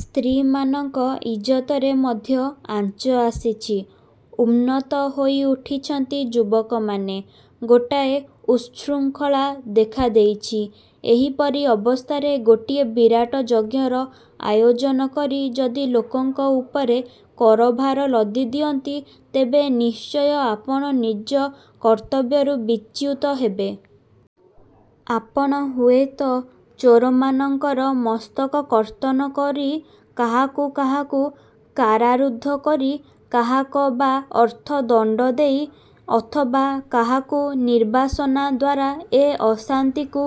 ସ୍ତ୍ରୀମାନଙ୍କ ଇଜତରେ ମଧ୍ୟ ଆଞ୍ଚ ଆସିଛି। ଉନ୍ମତ୍ତ ହୋଇ ଉଠିଛନ୍ତି ଯୁବକମାନେ। ଗୋଟାଏ। ଉତ୍ସୃଂଖଳା ଦେଖା ଦେଇଛି। ଏହିପରି ଅବସ୍ଥାରେ ଗୋଟିଏ ବିରାଟ ଯଜ୍ଞର ଆୟୋଜନ କରି ଯଦି ଲୋକଙ୍କ ଉପରେ କରଭାର ଲଦି ଦିଅନ୍ତି ତେବେ ନିଶ୍ଚୟ ଆପଣ ନିଜ କର୍ତ୍ତବ୍ୟରୁ ବିଚ୍ୟୁତ ହେବେ। ଆପଣ ହୁଏତ ଚୋରମାନଙ୍କର ମସ୍ତକ କର୍ତ୍ତନ କରି, କାହାକୁ କାହାକୁ କାରାରୁଦ୍ଧ କରି କାହାକ ବା ଅର୍ଥ ଦଣ୍ଡଦେଇ ଅଥବା କାହାକୁ ନିର୍ବାସନା ଦ୍ୱାରା ଏ ଅଶାନ୍ତିକୁ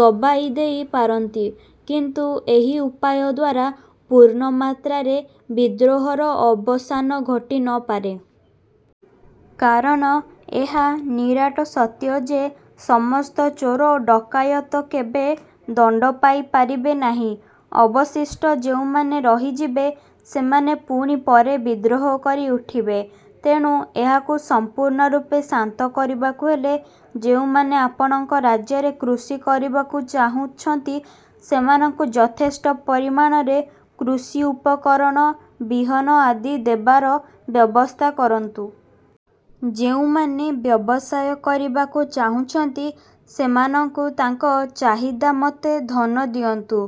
ଦବାଇ ଦେଇ ପାରନ୍ତି। କିନ୍ତୁ ଏହି ଉପାୟ ଦ୍ୱାରା ପୂର୍ଣ୍ଣ ମାତ୍ରାରେ ବିଦ୍ରୋହର ଅବସାନ ଘଟି ନ ପାରେ। କାରଣ ଏହା ନିରାଟ ସତ୍ୟ ଯେ ସମସ୍ତ ଚୋର ଡକାୟତ କେବେ ଦଣ୍ଡପାଇ ପାରିବେ ନାହିଁ। ଅବଶିଷ୍ଟ ଯେଉଁମାନେ ରହିଯିବେ ସେମାନେ ପୁଣି ପରେ ବିଦ୍ରୋହ କରି ଉଠିବେ। ତେଣୁ ଏହାକୁ ସଂପୂର୍ଣ୍ଣ ରୂପେ ଶାନ୍ତ କରିବାକୁ ହେଲେ, ଯେଉଁମାନେ ଆପଣଙ୍କ ରାଜ୍ୟରେ କୃଷି କରିବାକୁ ଚାହୁଛନ୍ତି ସେମାନଙ୍କୁ ଯଥେଷ୍ଟ ପରିମାଣରେ କୃଷିଉପକରଣ, ବିହନ ଆଦି ଦେବାର ବ୍ୟବସ୍ଥା କରନ୍ତୁ। ଯେଉଁମାନେ ବ୍ୟବସାୟ କରିବାକୁ ଚାହୁଁଛନ୍ତି ସେମାନଙ୍କୁ ତାଙ୍କ ଚାହିଦାମତେ ଧନ ଦିଅନ୍ତୁ।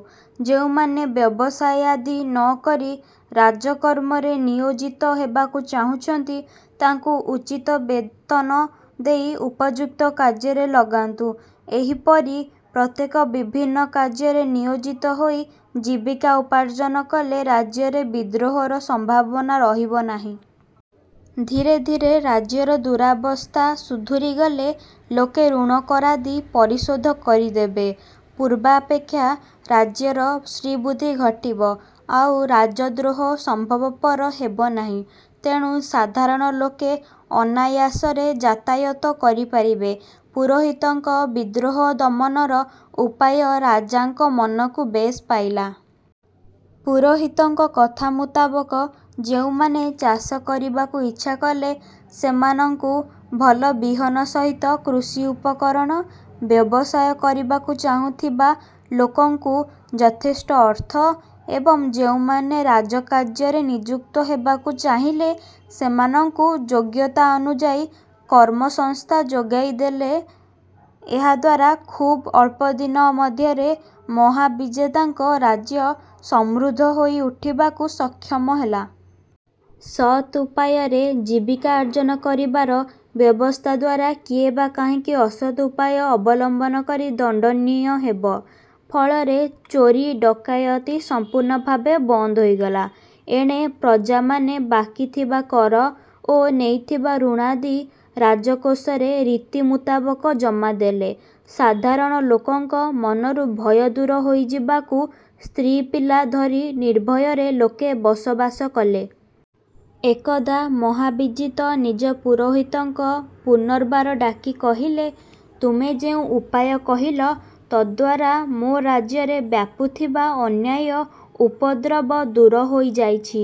ଯେଉଁମାନେ ବ୍ୟବସାୟାଦି ନ କରି ରାଜକର୍ମରେ ନିୟୋଜିତ ହେବାକୁ ଚାହୁଛନ୍ତି ତାଙ୍କୁ ଉଚିତ ବେତନ ଦେଇ ଉପଯୁକ୍ତ କାର୍ଯ୍ୟରେ ଲଗାନ୍ତୁ। ଏହିପରି ପ୍ରତ୍ୟେକ ବିଭିନ୍ନ କାର୍ଯ୍ୟରେ ନିୟୋଜିତ ହୋଇ ଜୀବିକା ଉପାର୍ଜନ କଲେ ରାଜ୍ୟରେ ବିଦ୍ରୋହର ସମ୍ଭାବନା ରହିବ ନାହିଁ। ଧୀରେ ଧୀରେ ରାଜ୍ୟର ଦୂରାବସ୍ଥା ସୁଧୁରି ଗଲେ ଲୋକେ ଋଣ କରାଦି ପରିଶୋଧ କରିଦେବେ। ପୂର୍ବାପେକ୍ଷା ରାଜ୍ୟର ଶ୍ରୀବୃଦ୍ଧି ଘଟିବ। ଆଉ ରାଜଦ୍ରୋହ ସମ୍ଭବପର ହେବ ନାହିଁ। ତେଣୁ ସାଧାରଣ ଲୋକେ ଅନାୟାସରେ ଯାତାୟାତ କରି ପାରିବେ। ପୁରୋହିତଙ୍କ ବିଦ୍ରୋହ ଦମନର ଉପାୟ ରାଜାଙ୍କ ମନକୁ ବେଶ୍ ପାଇଲା। ପୁରୋହିତଙ୍କ କଥା ମୁତାବକ ଯେଉଁମାନେ ଚାଷ କରିବାକୁ ଇଚ୍ଛାକଲେ ସେମାନଙ୍କୁ ଭଲ ବିହନ ସହିତ କୃଷିଉପକରଣ, ବ୍ୟବସାୟ କରିବାକୁ ଚାହୁଁଥିବା ଲୋକଙ୍କୁ ଯଥେଷ୍ଟ ଅର୍ଥ ଏବଂ ଯେଉଁମାନେ ରାଜକାର୍ଯ୍ୟରେ ନିଯୁକ୍ତ ହେବାକୁ ଚାହିଁଲେ ସେମାନଙ୍କୁ ଯୋଗ୍ୟତାନୁଯାୟୀ କର୍ମସଂସ୍ଥା ଯୋଗାଇ ଦେଲେ। ଏହାଦ୍ୱାରା ଖୁବ୍ ଅଳ୍ପଦିନ ମଧ୍ୟରେ ମହାବିଜେତାଙ୍କ ରାଜ୍ୟ ସମୃଦ୍ଧ ହୋଇ ଉଠିବାକୁ ସକ୍ଷମ ହେଲା। ସତ୍ ଉପାୟରେ ଜୀବିକାର୍ଜନ କରିବାର ବ୍ୟବସ୍ଥାଦ୍ୱାରା କିଏବା କାହିଁକି ଅସତ୍ ଉପାୟ ଅବଲମ୍ୱନ କରି ଦଣ୍ଡନୀୟ ହେବ? ଫଳରେ ଚୋରି ଡକାୟତି ସମ୍ପୂର୍ଣ୍ଣ ଭାବେ ବନ୍ଦ ହୋଇଗଲା। ଏଣେ ପ୍ରଜାମାନେ ବାକିଥିବା କର ଓ ନେଇଥିବା ଋଣାଦି ରାଜକୋଷରେ ରୀତିମୁତାବକ ଜମା ଦେଲେ। ସାଧାରଣ ଲୋକଙ୍କ ମନରୁ ଭୟ ଦୂର ହୋଇଯିବାକୁ ସ୍ତ୍ରୀ ପିଲା ଧରି ନିର୍ଭୟରେ ଲୋକେ ବସବାସ କଲେ। ଏକଦା ମହାବିଜିତ ନିଜ ପୁରୋହିତଙ୍କ ପୁନର୍ବାର ଡାକି କହିଲେ ତୁମେ ଯେଉଁ ଉପାୟ କହିଲ ତଦ୍ଦ୍ୱାରା ମୋ ରାଜ୍ୟରେ ବ୍ୟାପୁଥିବା ଅନ୍ୟାୟ ଉପଦ୍ରବ ଦୂର ହୋଇଯାଇଛି।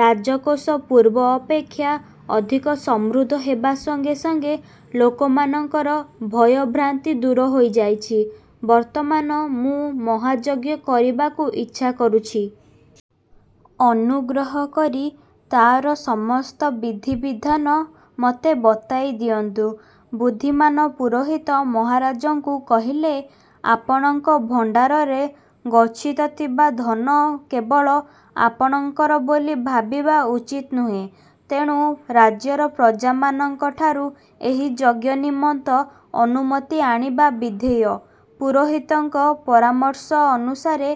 ରାଜକୋଷ ପୂର୍ବ ଅପେକ୍ଷା ଅଧିକ ସମୃଦ୍ଧ ହେବା ସଙ୍ଗେ ସଙ୍ଗେ ଲୋକମାନଙ୍କର ଭୟଭ୍ରାନ୍ତି ଦୂର ହୋଇଯାଇଛି-। ବର୍ତ୍ତମାନ ମୁଁ ମହାଯଜ୍ଞ କରିବାକୁ ଇଚ୍ଛା କରୁଛି। ଅନୁଗ୍ରହ କରି ତାର ସମସ୍ତ ବିଧିବିଧାନ ମୋତେ ବତାଇ ଦିଅନ୍ତୁ। ବୁଦ୍ଧିମାନ ପୁରୋହିତ ମହାରାଜାଙ୍କୁ କହିଲେ, ଆପଣଙ୍କ ଭଣ୍ଡାରରେ ଗଚ୍ଛିତଥିବା ଧନ କେବଳ ଆପଣଙ୍କର ବୋଲି ଭାବିବା ଉଚିତ୍ ନୁହେଁ। ତେଣୁ ରାଜ୍ୟର ପ୍ରଜାମାନଙ୍କଠାରୁ ଏହି ଯଜ୍ଞ ନିମିତ୍ତ ଅନୁମତି ଆଣିବା ବିଧେୟ। ପୁରୋହିତଙ୍କ ପରାମର୍ଶ ଅନୁସାରେ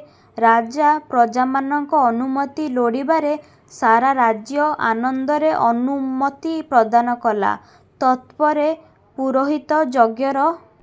ରାଜା ପ୍ରଜାମାନଙ୍କ ଅନୁମତି ଲୋଡ଼ିବାରେ ସାରାରାଜ୍ୟ ଆନନ୍ଦରେ ଅନୁମତି ପ୍ରଦାନ କଲା। ତତ୍ପରେ ପୁରୋହିତ ଯଜ୍ଞର